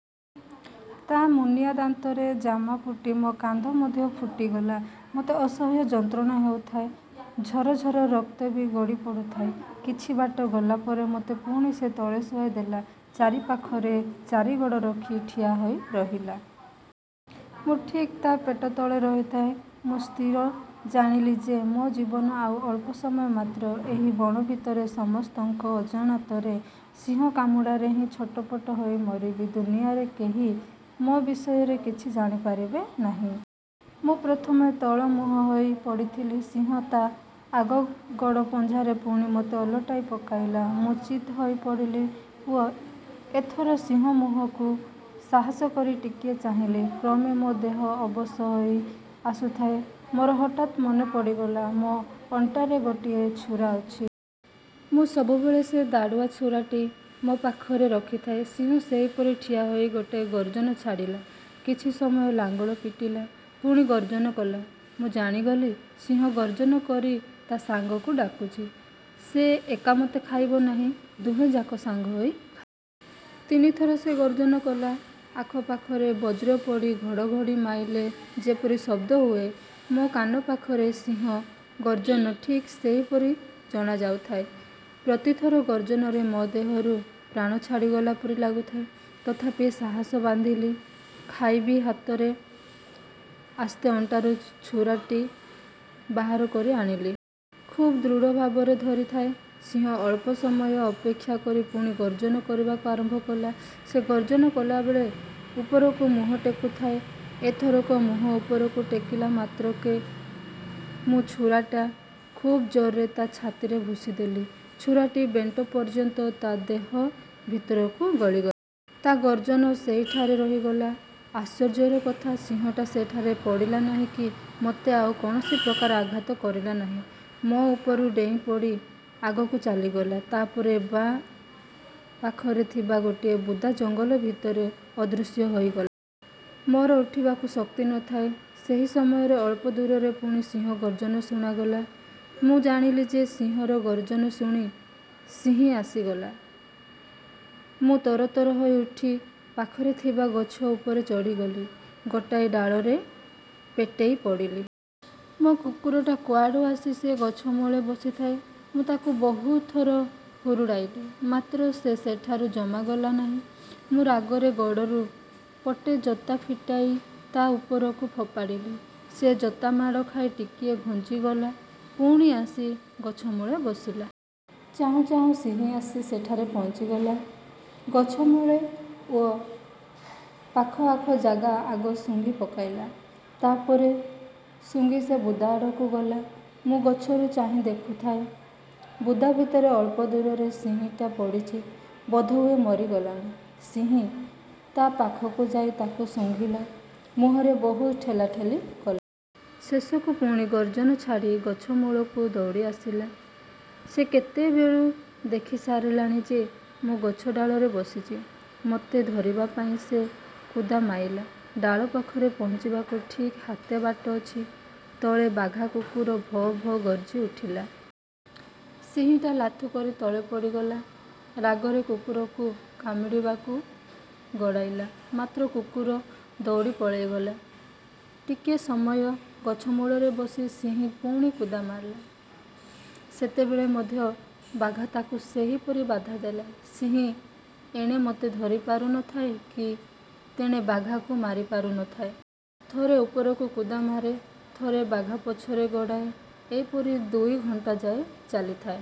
ତା' ମୁନିଆଁ ଦାନ୍ତରେ ଜାମା ଫୁଟି ମୋ କାନ୍ଧ ମଧ୍ୟ ଫୁଟିଗଲା। ମୋତେ ଅସହ୍ୟ ଯନ୍ତ୍ରଣା ହେଉଥାଏ; ଝରଝର ରକ୍ତ ବି ଗଡ଼ି ପଡ଼ୁଥାଏ। କିଛି ବାଟ ଗଲା ପରେ ମୋତେ ପୁଣି ସେ ତଳେ ଶୁଆଇ ଦେଲା। ଚାରିପାଖରେ ଚାରି ଗୋଡ଼ ରଖି ଠିଆ ହୋଇ ରହିଲା। ମୁଁ ଠିକ୍ ତା' ପେଟ ତଳେ ରହିଥାଏଁ। ମୁଁ ସ୍ଥିର ଜାଣିଲି ଯେ, ମୋ ଜୀବନ ଆଉ ଅଳ୍ପ ସମୟ ମାତ୍ର। ଏହି ବଣ ଭିତରେ ସମସ୍ତଙ୍କ ଅଜାଣତରେ ସିଂହ କାମୁଡ଼ାରେ ହିଁ ଛଟପଟ ହୋଇ ମରିବି। ଦୁନିଆରେ କେହି ମୋ ବିଷୟରେ କିଛି ଜାଣିପାରିବେ ନାହିଁ। ମୁଁ ପ୍ରଥମେ ତଳମୁହଁ। ହୋଇ ପଡ଼ିଥିଲି ସିଂହ ତା' ଆଗ ଗୋଡ଼ ପଞ୍ଝାରେ ପୁଣି ମୋତେ ଓଲଟାଇ ପକାଇଲା। ମୁଁ ଚିତ୍ ହୋଇ ପଡ଼ିଲି ଓ ଏଥରକ ସିଂହ ମୁହଁକୁ ସାହସ କରି ଟିକିଏ ଚାହିଁଲି-। କ୍ରମେ ମୋ ଦେହ ଅବଶ ହୋଇ ଆସୁଥାଏ। ମୋର ହଠାତ୍ ମନେ ପଡ଼ିଗଲା, ମୋ ଅଣ୍ଟାରେ ଗୋଟାଏ ଛୁରା ଅଛି। ମୁଁ ସବୁବେଳେ ସେ ଦାଢ଼ୁଆ ଛୁରାଟି ମୋ ପାଖରେ ରଖିଥାଏ। ସିଂହ ସେହିପରି ଠିଆ ହୋଇ ଗୋଟାଏ ଗର୍ଜନ ଛାଡ଼ିଲା। କିଛି ସମୟ ଲାଙ୍ଗୁଡ଼ ପିଟିଲା; ପୁଣି ଗର୍ଜନ କଲା। ମୁଁ ଜାଣିଗଲି, ସିଂହ ଗର୍ଜନ କରି ତା' ସାଙ୍ଗକୁ ଡାକୁଛି। ସେ ଏକା ମୋତେ ଖାଇବ ନାହିଁ; ଦୁହେଁଯାକ ସାଙ୍ଗ ହୋଇ ଖାଇବେ। ତିନି ଥର ସେ ଗର୍ଜନ କଲା। ଆଖପାଖରେ ବଜ୍ର ପଡ଼ି ଘଡ଼ଘଡ଼ି ମାଇଲେ ଯେପରି ଶବ୍ଦ ହୁଏ, ମୋ କାନପାଖରେ ସିଂହ ଗର୍ଜନ ଠିକ୍ ସେହିପରି ଜଣାଯାଉଥାଏ। ପ୍ରତିଥର ଗର୍ଜନରେ ମୋ ଦେହରୁ ପ୍ରାଣ ଛାଡ଼ିଗଲା ପରି ଲାଗୁଥାଏ। ତଥାପି ସାହସ ବାନ୍ଧିଲି। ଖାଇବି ହାତରେ ଆସ୍ତେ ଅଣ୍ଟାରୁ ଛୁରାଟି ବାହାର କରି ଆଣିଲି। ଖୁବ ଦୃଢ଼ଭାବରେ ଧରିଥାଏ। ସିଂହ ଅଳ୍ପ ସମୟ ଅପେକ୍ଷା କରି ପୁଣି ଗର୍ଜନ କରିବାକୁ ଆରମ୍ଭ କଲା। ସେ ଗର୍ଜନ କଲାବେଳେ ଉପରକୁ ମୁହଁ ଟେକୁଥାଏ। ଏଥରକ ମୁହଁ ଉପରକୁ ଟେକିଲା ମାତ୍ରକେ ମୁଁ ଛୁରାଟା ଖୁବ୍ ଜୋରରେ ତା' ଛାତିରେ ଭୁଷିଦେଲି। ଛୁରାଟି ବେଣ୍ଟ ପର୍ଯ୍ୟନ୍ତ ତା' ଦେହ ଭିତରକୁ ଗଳିଗଲା। ତା' ଗର୍ଜନ ସେହିଠାରେ ରହିଗଲା। ଆଶ୍ଚର୍ଯ୍ୟର କଥା, ସିଂହଟା ସେଠାରେ ପଡ଼ିଲା ନାହିଁ କି ମୋତେ ଆଉ କୌଣସି ପ୍ରକାରେ ଆଘାତ କଲା ନାହିଁ। ମୋ ଉପରୁ ଡେଇଁପଡ଼ି ଆଗକୁ ଚାଲିଗଲା। ତା'ପରେ ବାଁ ପାଖରେ ଥିବା ଗୋଟାଏ ବୁଦା ଜଙ୍ଗଲ ଭିତରେ ଅଦୃଶ୍ୟ ହୋଇଗଲା। ମୋର ଉଠିବାକୁ ଶକ୍ତି ନ ଥାଏ। ସେହି ସମୟରେ ଅଳ୍ପ ଦୂରରେ ପୁଣି ସିଂହ ଗର୍ଜନ ଶୁଣାଗଲା। ମୁଁ ଜାଣିଲି ଯେ, ସିଂହର ଗର୍ଜନ ଶୁଣି ସିଂହୀ ଆସିଗଲା। ମୁଁ ତରତର ହୋଇ ଉଠି ପାଖରେ ଥିବା ଗଛ ଉପରେ ଚଢ଼ିଗଲି। ଗୋଟାଏ ଡାଳରେ ପେଟେଇ ପଡ଼ିଲି। ମୋ କୁକୁରଟା କୁଆଡ଼ୁ ଆସି ସେ ଗଛମୂଳେ ବସିଥାଏ। ମୁଁ ତାକୁ ବହୁତ ଥର ହୁରୁଡ଼ାଇଲି; ମାତ୍ର ସେ ସେଠାରୁ ଜମା ଗଲା ନାହିଁ। ମୁଁ ରାଗରେ ଗୋଡ଼ରୁ ପଟେ ଜୋତା ଫିଟାଇ ତା' ଉପରକୁ ଫୋପାଡ଼ିଲି। ସେ ଜୋତା ମାଡ଼ ଖାଇ ଟିକିଏ ଘୁଞ୍ଚିଗଲା, ପୁଣି ଆସି ଗଛମୂଳେ ବସିଲା। ଚାହୁଁ ଚାହୁଁ ସିଂହୀ ଆସି ସେଠାରେ ପହଞ୍ଚିଗଲା, ଗଛମୂଳେ ଓ ପାଖଆଖ ଜାଗା ଆଗ ଶୁଙ୍ଘି ପକାଇଲା। ତା'ପରେ ଶୁଙ୍ଘି ସେ ବୁଦାଆଡ଼କୁ ଗଲା। ମୁଁ ଗଛରୁ ଚାହିଁ ଦେଖୁଥାଏଁ, ବୁଦା ଭିତରେ ଅଳ୍ପ ଦୂରରେ ସିଂହଟା ପଡ଼ିଛି-ବୋଧହୁଏ ମରିଗଲାଣି। ସିଂହୀ ତା' ପାଖକୁ ଯାଇ ତାକୁ ଶୁଙ୍ଘିଲା, ମୁହଁରେ ବହୁତ ଠେଲାଠେଲି କଲା। ଶେଷକୁ ପୁଣି ଗର୍ଜନ ଛାଡ଼ି ଗଛ ମୂଳକୁ ଦଉଡ଼ି ଆସିଲା। ସେ କେତେବେଳୁ ଦେଖିସାରିଲାଣି ଯେ, ମୁଁ ଗଛ ଡାଳରେ ବସିଛି। ମୋତେ ଧରିବା ପାଇଁ ସେ କୁଦା ମାଇଲା। ଡାଳ ପାଖରେ ପହଞ୍ଚିବାକୁ ଠିକ୍ ହାତେ ବାଟ ଅଛି, ତଳେ ବାଘା କୁକୁର ଭୋ ଭୋ ଗର୍ଜିଉଠିଲା। ସିଂହୀଟା ଲାଥୁ କରି ତଳେ ପଡ଼ିଗଲା। ରାଗରେ କୁକୁରକୁ କାମୁଡ଼ିବାକୁ ଗୋଡ଼ାଇଲା; ମାତ୍ର କୁକୁର ଦଉଡ଼ି ପଳାଇଗଲା। ଟିକିଏ ସମୟ ଗଛମୂଳେ ବସି ସିଂହୀ ପୁଣି କୁଦା ମାଇଲା। ସେତେବେଳେ ମଧ୍ୟ ବାଘା ତାକୁ ସେହିପରି ବାଧା ଦେଲା। ସିଂହୀ ଏଣେ ମୋତେ ଧରିପାରୁ ନ ଥାଏ, କି ତେଣେ ବାଘାକୁ ମାରିପାରୁ ନ ଥାଏ। ଥରେ ଉପରକୁ କୁଦା ମାରେ, ଥରେ ବାଘା ପଛରେ ଗୋଡ଼ାଏ-ଏହିପରି ଦୁଇ ଘଣ୍ଟାଯାଏ ଚାଲିଥାଏ।